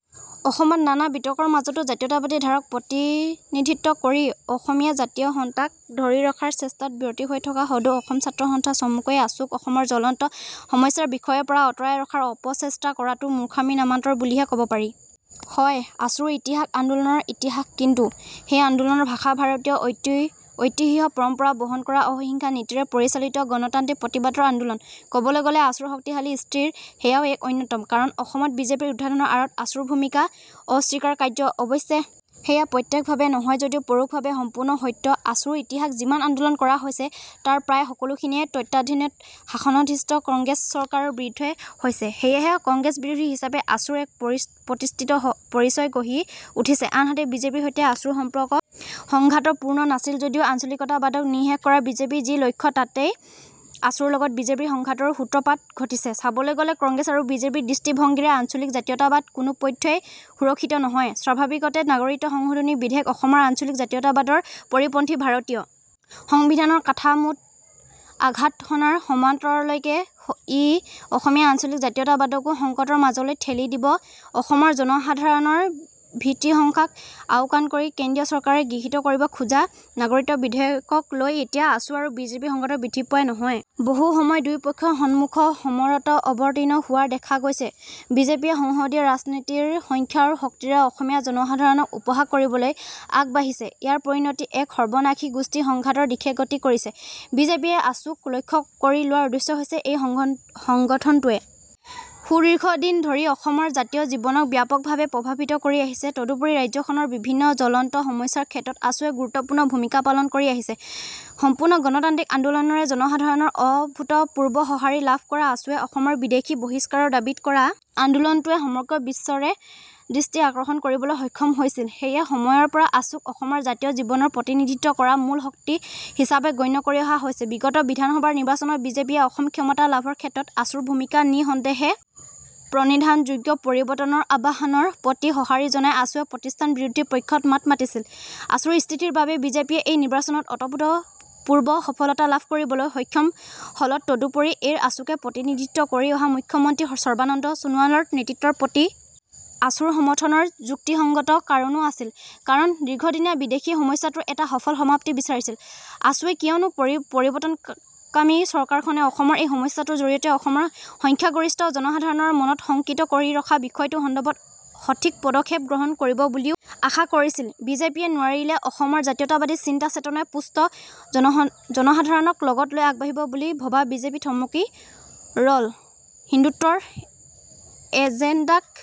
অসমত নানা বিতৰ্কৰ মাজতো জাতীয়তাবাদী ধাৰাক প্ৰতিনিধিত্ব কৰি অসমীয়া জাতীয় সত্ত্বাক ধৰি ৰখাৰ চেষ্টাত ব্ৰতী হৈ থকা সদৌ অসম ছাত্ৰ সন্থা চমুকৈ আছুক অসমৰ জলন্ত সমস্যাৰ বিষয়ৰ পৰা অঁতৰাই ৰখাৰ অপচেষ্টা কৰাটো মুৰ্খামিৰ নামান্তৰ বুলিহে কব পাৰি। হয় আছুৰ ইতিহাস আন্দোলনৰ ইতিহাসকিন্তু সেই আন্দোলনৰ ভাষা ভাৰতীয় ঐতিহ্যপৰম্পৰা বহন কৰা অহিংসা নীতিৰে পৰিচালিত গণতান্ত্ৰিক প্ৰতিবাদৰ আন্দোলন। কবলৈ গলে আছুৰ শক্তিশালী স্থিতিৰ সেয়াও এক অন্যতম কাৰণঅসমত বিজেপিৰ উত্থানৰ আঁৰত আছুৰ ভূমিকা অনস্বীকাৰ্যঅৱশ্যে সেয়া প্ৰত্যক্ষভাৱে নহয় যদিও পৰোক্ষভাৱে সম্পূৰ্ণ সত্যআছুৰ ইতিহাসত যিমান আন্দোলন কৰা হৈছে তাৰ প্ৰায় সকলোখিনিয়েই তদানীত্বন শাসনাধীষ্ঠ কংগ্ৰেছ চৰকাৰৰ বিৰুদ্ধে হৈছেসেয়েহে কংগ্ৰেছ বিৰোধী হিচাপে আছুৰ এক প্ৰতিষ্ঠিত পৰিচয় গঢ়ি উঠিছেআনহাতেবিজেপিৰ সৈতে আছুৰ সম্পৰ্ক সংঘাতপূৰ্ণ নাছিল যদিও আঞ্চলিকতাবাদক নি:শেষ কৰাৰ বিজেপিৰ যি লক্ষ্য তাতেই আছুৰ লগত বিজেপিৰ সংঘাতৰ সূত্ৰপাত ঘটিছেচাবলৈ গলে কংগ্ৰেছ আৰু বিজেপিৰ দৃষ্টিভংগীৰে আঞ্চলিক জাতীয়তাবাদ কোনোপধ্যেই সুৰক্ষিত নহয়স্বাভাৱিকতেই নাগৰিকত্ব সংশোধনী বিধেয়ক অসমৰ আঞ্চলিক জাতীয়তাবাদৰ পৰিপন্থীভাৰতীয় সংবিধানৰ কাঠামোত আঘাত সনাৰ সমান্তৰালকৈ ই অসমীয়া আঞ্চলিক জাতীয়তাবাদকো সংকটৰ মাজলৈ ঠেলি দিবঅসমৰ জনসাধাৰণৰ ভীতিশংকাক আওকান কৰি কেন্দ্ৰীয় চৰকাৰে গৃহীত কৰিব খোজা নাগৰিকত্ব বিধেয়কক লৈ এতিয়া আছু আৰু বিজেপিৰ সংঘাত বৃদ্ধি পোৱাই নহয় বহুসময়ত দুয়োপক্ষই সন্মুখ সমৰত অৱতীৰ্ণ হোৱাও দেখা গৈছেবিজেপিয়ে সংসদীয় ৰাজনীতিৰ সংখ্যাৰ শক্তিৰে অসমীয়া জনসাধাৰণক উপহাস কৰিবলৈ আগবাঢ়িছেইয়াৰ পৰিণতি এক সৰ্বনাশী গোষ্ঠী সংঘাতৰ দিশে গতি কৰিছেবিজেপিয়ে আছুক লক্ষ্য কৰি লোৱাৰ উদ্দেশ্য হৈছে এই সংগঠনটোৱে সুদীৰ্ঘদিন ধৰি অসমৰ জাতীয় জীৱনক ব্যাপকভাৱে প্ৰভাৱিত কৰি আহিছেতদুপৰি ৰাজ্যখনৰ বিভিন্ন জলন্ত সমস্যাৰ ক্ষেত্ৰত আছুৱে গুৰুত্বপূৰ্ণ ভূমিকা পালন কৰি আহিছেসম্পূৰ্ণ গণতান্ত্ৰিক আন্দোলনেৰে জনসাধাৰণৰ অভূতপূৰ্ব সঁহাৰি লাভ কৰা আছুৱে অসমৰ বিদেশী বহিস্কাৰৰ দাবীত কৰা আন্দোলনটোৱে সমগ্ৰ বিশ্বৰে দৃষ্টি আকৰ্ষণ কৰিবলৈ সক্ষম হৈছিলসেই সময়ৰে পৰা আছুক অসমৰ জাতীয় জীৱনৰ প্ৰতিনিধিত্ব কৰা মূল শক্তি হিচাপে গণ্য কৰি অহা হৈছেবিগত বিধানসভাৰ নিৰ্বাচনত বিজেপিয়ে অসমত ক্ষমতা লাভৰ ক্ষেত্ৰত আছুৰ ভূমিকা নি:সন্দেহে প্ৰণিধানযোগ্যপৰিৱৰ্তনৰ আহ্বানৰ প্ৰতি সঁহাৰি জনাই আছুৱেও প্ৰতিষ্ঠান বিৰোধী পক্ষত মাত মাতিছিলআছুৰ স্থিতিৰ বাবে বিজেপিয়ে এই নিৰ্বাচনত অভূতপূৰ্ব সফলতা লাভ কৰিবলৈ সক্ষম হলতদুপৰি এই আছুকে প্ৰতিনিধিত্ব কৰি অহা মুখ্য মন্ত্ৰী সৰ্বানন্দ সোণোৱালৰ নেতৃত্বৰ প্ৰতি আছুৰ সমৰ্থনৰ যুক্তিসংগত কাৰণো আছিলঅসমৰ দীৰ্ঘদিনীয়া বিদেশী সমস্যাটোৰ এটা সফল সমাপ্তি বিচাৰিছিল আছুৱেকিয়নো পৰিৱৰ্তনকামী চৰকাৰখনে অসমৰ এই সমস্যাটোৰ জৰিয়তে অসমৰ সংখ্যাগৰিষ্ঠ জনসাধাৰণৰ মনক শংকিত কৰি ৰখা বিষয়টো সন্দৰ্ভত সঠিক পদক্ষেপ গ্ৰহণ কৰিব বুলিও আশা কৰিছিলবিজেপিয়ে নোৱাৰিলেঅসমৰ জাতীয়তাবাদী চিন্তা চেতনাৰে পুষ্ট জনসাধাৰণক লগত লৈ আগবাঢ়িব বুলি ভবা বিজেপি থমকি ৰলহিন্দুত্বৰ এজেণ্ডাক